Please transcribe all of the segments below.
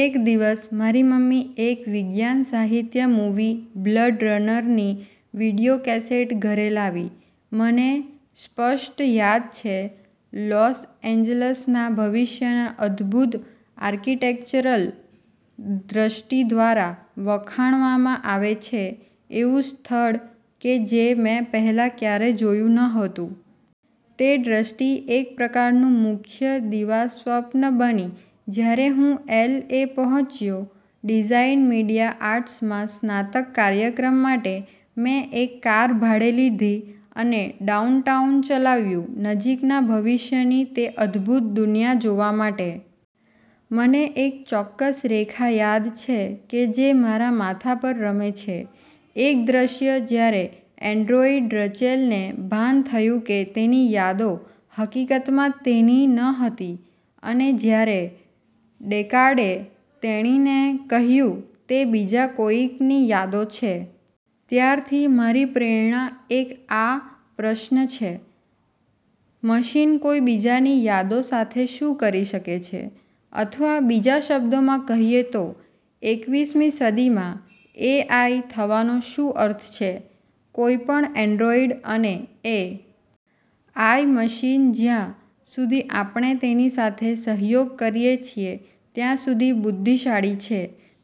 એક દીવસ, મારી મમ્મી એક વિજ્ઞાન-સાહિત્ય મૂવી "બ્લૅડ રનર" ની વિડિઓકેસેટ ઘરે લાવી. મને સ્પષ્ટ યાદ છે લોસ એન્જલસના ભવિષ્યના અદભૂત આર્કિટેક્ચરલ દ્રષ્ટિ દ્વારા, વખાણવામાં આવે છે, એવું સ્થળ કે જે મેં પહેલાં ક્યારેય જોયું ન હતું. તે દ્રષ્ટિ એક પ્રકારનુ મુખ્ય દિવાસ્વપ્ન બની. જ્યારે હું એલ. એ. પહોચ્યો ડિઝાઇન મીડિયા આર્ટ્સમાં સ્નાતક કાર્યક્રમ માટે, મેં એક કાર ભાડે લીધી અને ડાઉનટાઉન ચલાવ્યું નજીકના ભવિષ્યની તે અદભૂત દુનિયા જોવા માટે. મને એક ચોક્કસ રેખા યાદ છે કે જે મારા માથા પર રમે છે: એક દ્રશ્ય જ્યારે એન્ડ્રોઇડ રચેલ ને ભાન થયું કે તેની યાદો હકીકતમાં તેની ન હતી, અને જ્યારે ડેકાર્ડએ તેણીને કહ્યુ તે બીજા કોઈક ની યાદો છે. ત્યારથી, મારી પ્રેરણા એક આ પ્રશ્ન છે. મશીન કોઈ બીજાની યાદો સાથે શું કરી શકે છે? અથવા બીજા શબ્દોમાં કહીએ તો, એકવીસમી સદીમાં એ. આઈ થવાનો શું અર્થ છે? કોઈપણ એન્ડ્રોઇડ અને એ. આઈ મશીન જ્યાં સુધી આપણે તેની સાથે સહયોગ કરીએ છીએ ત્યાં સુધી બુદ્ધિશાળી છે.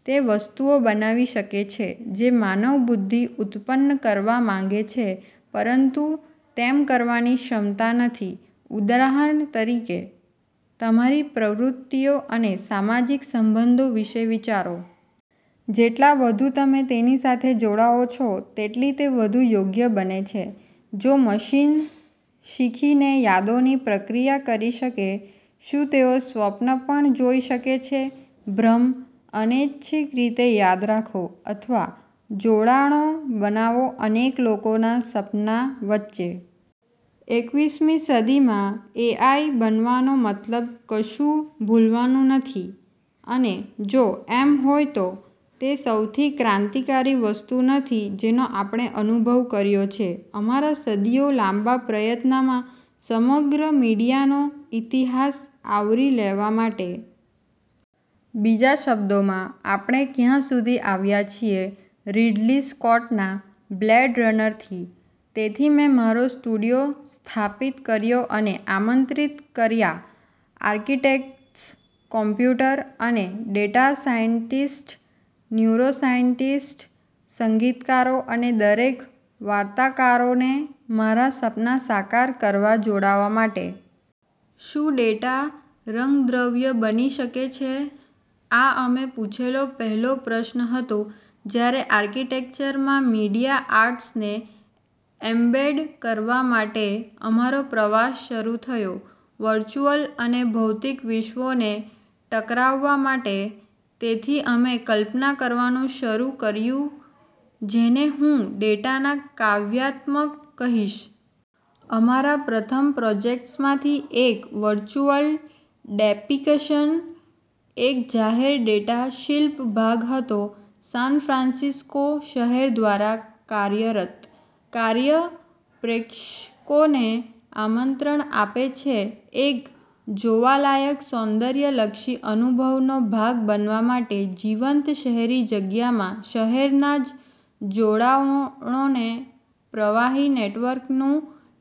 તે વસ્તુઓ બનાવી શકે છે, જે માનવ-બુદ્ધિ ઉત્પન્ન કરવા માગે છે પરંતુ તેમ કરવાની ક્ષમતા નથી. ઉદાહરણ તરીકે, તમારી પ્રવૃત્તિઓ અને સામાજિક સબંધો વિષે વિચારો. જેટલા વધુ તમે તેની સાથે જોડાઓ છો તેટલી તે વધુ યોગ્ય બને છે. જો મશીન શીખી ને યાદોની પ્રક્રિયા કરી શકે, શું તેઓ સ્વપ્ન પણ જોઈ શકે છે? ભ્રમ? અનૈચ્છિક રીતે યાદ રાખો, અથવા જોડાણો બનાવો અનેક લોકોના સપના વચ્ચે? એકવીસમી સદી માં એ. આઈ બનવાનો મતલબ કશુ ભૂલવાનું નથી? અને, જો એમ હોય તો, તે સૌથી ક્રાંતિકારી વસ્તુ નથી જેનો આપણે અનુભવ કર્યો છે અમારા સદીઓ-લાંબા પ્રયત્નમાં સમગ્ર મીડિયાનો ઇતિહાસ આવરી લેવા માટે? બીજા શબ્દોમાં, આપણે ક્યાં સુધી આવ્યા છીએ રીડલી સ્કોટના "બ્લેડ રનર" થી? તેથી મેં મારો સ્ટુડિયો સ્થાપિત કર્યો અને આમંત્રિત કર્યા આર્કિટેક્ટ્સ, કોમ્પ્યુટર અને ડેટા સાયન્ટિસ્ટ, ન્યુરોસાયન્ટિસ્ટ, સંગીતકારો અને દરેક વાર્તાકારોને મારા સપના સાકાર કરવા જોડાવા માટે. શું ડેટા રંગદ્રવ્ય બની શકે છે? આ અમે પુછેલો પહેલો પ્રશ્ન હતો જ્યારે આર્કીટેક્ચરમાં મીડિયા આર્ટ્સને એમ્બેડ કરવા માટે અમારો પ્રવાસ શરૂ થયો, વર્ચ્યુઅલ અને ભૌતિક વિશ્વોને ટકરાવવા માટે. તેથી અમે કલ્પના કરવાનું શરૂ કર્યું જેને હું ડેટાના કાવ્યાત્મક કહીશ. અમારા પ્રથમ પ્રોજેક્ટ્સમાંથી એક, "વર્ચ્યુઅલ ડેપીકસન", એક જાહેર ડેટા શિલ્પ ભાગ હતો સાન ફ્રાન્સિસ્કો શહેર દ્વારા કાર્યરત. કાર્ય પ્રેક્ષકોને આમંત્રણ આપે છે એક જોવાલાયક સૌંદર્યલક્ષી અનુભવનો ભાગ બનવા માટે જીવંત શહેરી જગ્યા માં શહેરના જ જોડાણોના પ્રવાહી નેટવર્કનું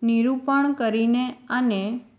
નિરૂપણ કરીને. અને